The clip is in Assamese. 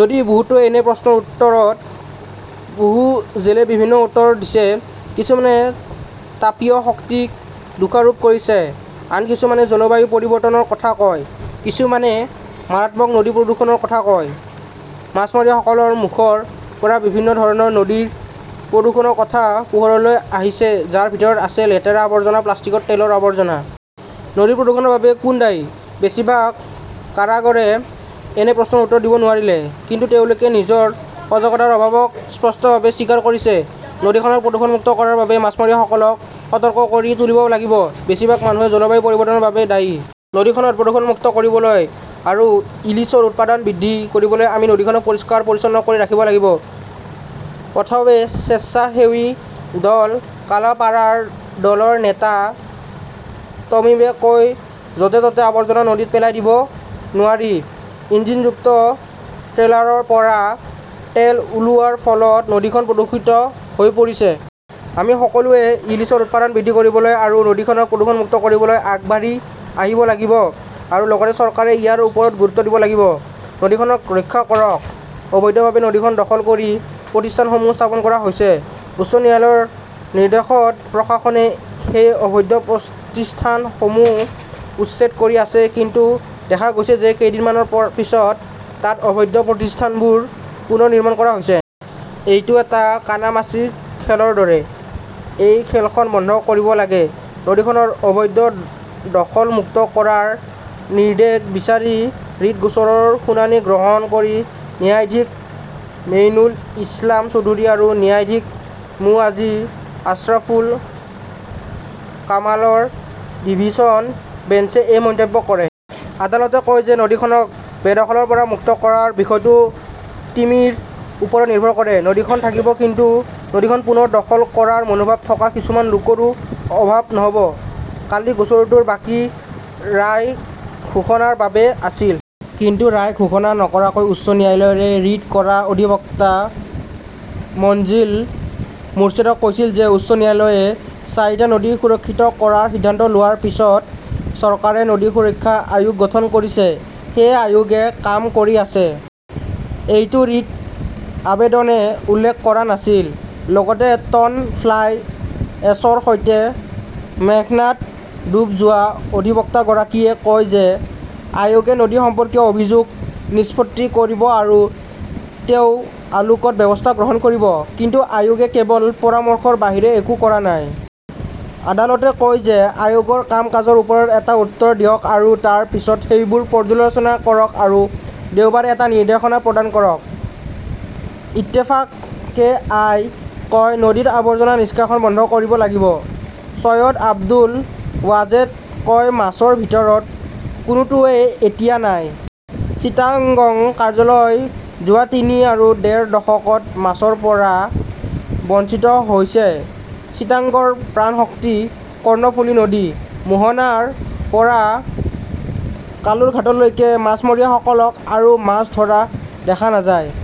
যদিও বহুতো এনে প্ৰশ্নৰ উত্তৰত বহু জেলে বিভিন্ন উত্তৰ দিছে। কিছুমানে তাপীয় শক্তিক দোষাৰোপ কৰিছে। আন কিছুমানে জলবায়ু পৰিৱৰ্তনৰ কথা কয়। কিছুমানে মাৰাত্মক নদী প্ৰদূষণৰ কথা কয়। মাছমৰীয়াসকলৰ মুখৰ পৰা বিভিন্ন ধৰণৰ নদী প্ৰদূষণৰ কথা পোহৰলৈ আহিছে যাৰ ভিতৰত আছে লেতেৰা আৱৰ্জনা প্লাষ্টিক তেলৰ আৱৰ্জনা। নদীৰ প্ৰদূষণৰ বাবে কোন দায়ী? বেছিভাগ কাৰাগাৰে এনে প্ৰশ্নৰ উত্তৰ দিব নোৱাৰিলে। কিন্তু তেওঁলোকে নিজৰ সজাগতাৰ অভাৱক স্পষ্টভাৱে স্বীকাৰ কৰিছে। নদীখনক প্ৰদূষণমুক্ত কৰাৰ বাবে মাছমৰীয়াসকলক সতৰ্ক কৰি তুলিব লাগিব। বেছিভাগ মানুহে জলবায়ু পৰিৱৰ্তনৰ বাবে দায়ী। নদীখনক প্ৰদূষণমুক্ত কৰিবলৈ আৰু ইলিছৰ উৎপাদন বৃদ্ধি কৰিবলৈ আমি নদীখনক পৰিষ্কাৰ পৰিচ্ছন্ন কৰি ৰাখিব লাগিব। পথৱে স্বেচ্ছাসেৱী দল কালাপাড়াৰ দলৰ নেতা তমিমে কয় য'তে ত'তে আৱৰ্জনা নদীত পেলাই দিব নোৱাৰি। ইঞ্জিনযুক্ত ট্ৰলাৰৰ পৰা তেল ওলোৱাৰ ফলত নদীখন প্ৰদূষিত হৈ পৰিছে। আমি সকলোৱে ইলিছৰ উৎপাদন বৃদ্ধি কৰিবলৈ আৰু নদীখনক প্ৰদূষণমুক্ত কৰিবলৈ আগবাঢ়ি আহিব লাগিব আৰু লগতে চৰকাৰে ইয়াৰ ওপৰত গুৰুত্ব দিব লাগিব। নদীখনক ৰক্ষা কৰক। অবৈধভাৱে নদীখন দখল কৰি প্ৰতিষ্ঠানসমূহ স্থাপন কৰা হৈছে। উচ্চ ন্যায়ালয়ৰ নিৰ্দেশত প্ৰশাসনে সেই অবৈধ প্ৰতিষ্ঠানসমূহ উচ্ছেদ কৰি আছে কিন্তু দেখা গৈছে যে কেইদিনমানৰ পিছত তাত অবৈধ প্ৰতিষ্ঠানবোৰ পুনৰ নিৰ্মাণ কৰা হৈছে। এইটো এটা কানামাচি খেলৰ দৰে। এই খেলখন বন্ধ কৰিব লাগে। নদীখনৰ অবৈধ দখল মুক্ত কৰাৰ নিৰ্দেশ বিচাৰি ৰিট গোচৰৰ শুনানি গ্ৰহণ কৰি ন্যায়াধীশ মেইনুল ইছলাম চৌধুৰী আৰু ন্যায়াধীশ মো আজি আশ্ৰাফুল কামালৰ ডিভিছন বেঞ্চে এই মন্তব্য কৰে। আদালতে কয় যে নদীখনক বেদখলৰ পৰা মুক্ত কৰাৰ বিষয়টো তিমিৰ ওপৰত নিৰ্ভৰ কৰে। নদীখন থাকিব কিন্তু নদীখন পুনৰ দখল কৰাৰ মনোভাৱ থকা কিছুমান লোকৰো অভাৱ নহ'ব। কালি গোচৰটোৰ বাকী ৰায় ঘোষণাৰ বাবে আছিল। কিন্তু ৰায় ঘোষণা নকৰাকৈ উচ্চ ন্যায়ালয়ে ৰিট কৰা অধিবক্তা মনজিল মোৰ্ছেদক কৈছিল যে উচ্চ ন্যায়ালয়ে চাৰিটা নদী সুৰক্ষিত কৰাৰ সিদ্ধান্ত লোৱাৰ পিছত চৰকাৰে নদী সুৰক্ষা আয়োগ গঠন কৰিছে। সেই আয়োগে কাম কৰি আছে। এইটো ৰিট আবেদনে উল্লেখ কৰা নাছিল। লগতে টন ফ্লাই এশ্বৰ সৈতে মেঘনাত ডুব যোৱা অধিবক্তাগৰাকীয়ে কয় যে আয়োগে নদী সম্পৰ্কীয় অভিযোগ নিষ্পত্তি কৰিব আৰু তেওঁ আলোকত ব্যৱস্থা গ্ৰহণ কৰিব। কিন্তু আয়োগে কেৱল পৰামৰ্শৰ বাহিৰে একো কৰা নাই। আদালতে কয় যে আয়োগৰ কাম কাজৰ ওপৰত এটা উত্তৰ দিয়ক আৰু তাৰ পিছত সেইবোৰ পৰ্যালোচনা কৰক আৰু দেওবাৰে এটা নিৰ্দেশনা প্ৰদান কৰক। ইত্তেফাক কেআই কয় নদীত আৱৰ্জনা নিষ্কাশন বন্ধ কৰিব লাগিব। চৈয়দ আব্দুল ৱাজেদ কয় মাছৰ ভিতৰত কোনোটোৱেই এতিয়া নাই। চিটাগং কাৰ্যালয় যোৱা তিনি আৰু ডেৰ দশকত মাছৰ পৰা বঞ্চিত হৈছে চিটাগংৰ প্ৰাণশক্তি কৰ্ণফুলি নদী। মোহনাৰ পৰা কালুৰঘাটলৈকে মাছমৰীয়াসকলক আৰু মাছ ধৰা দেখা নাযায়।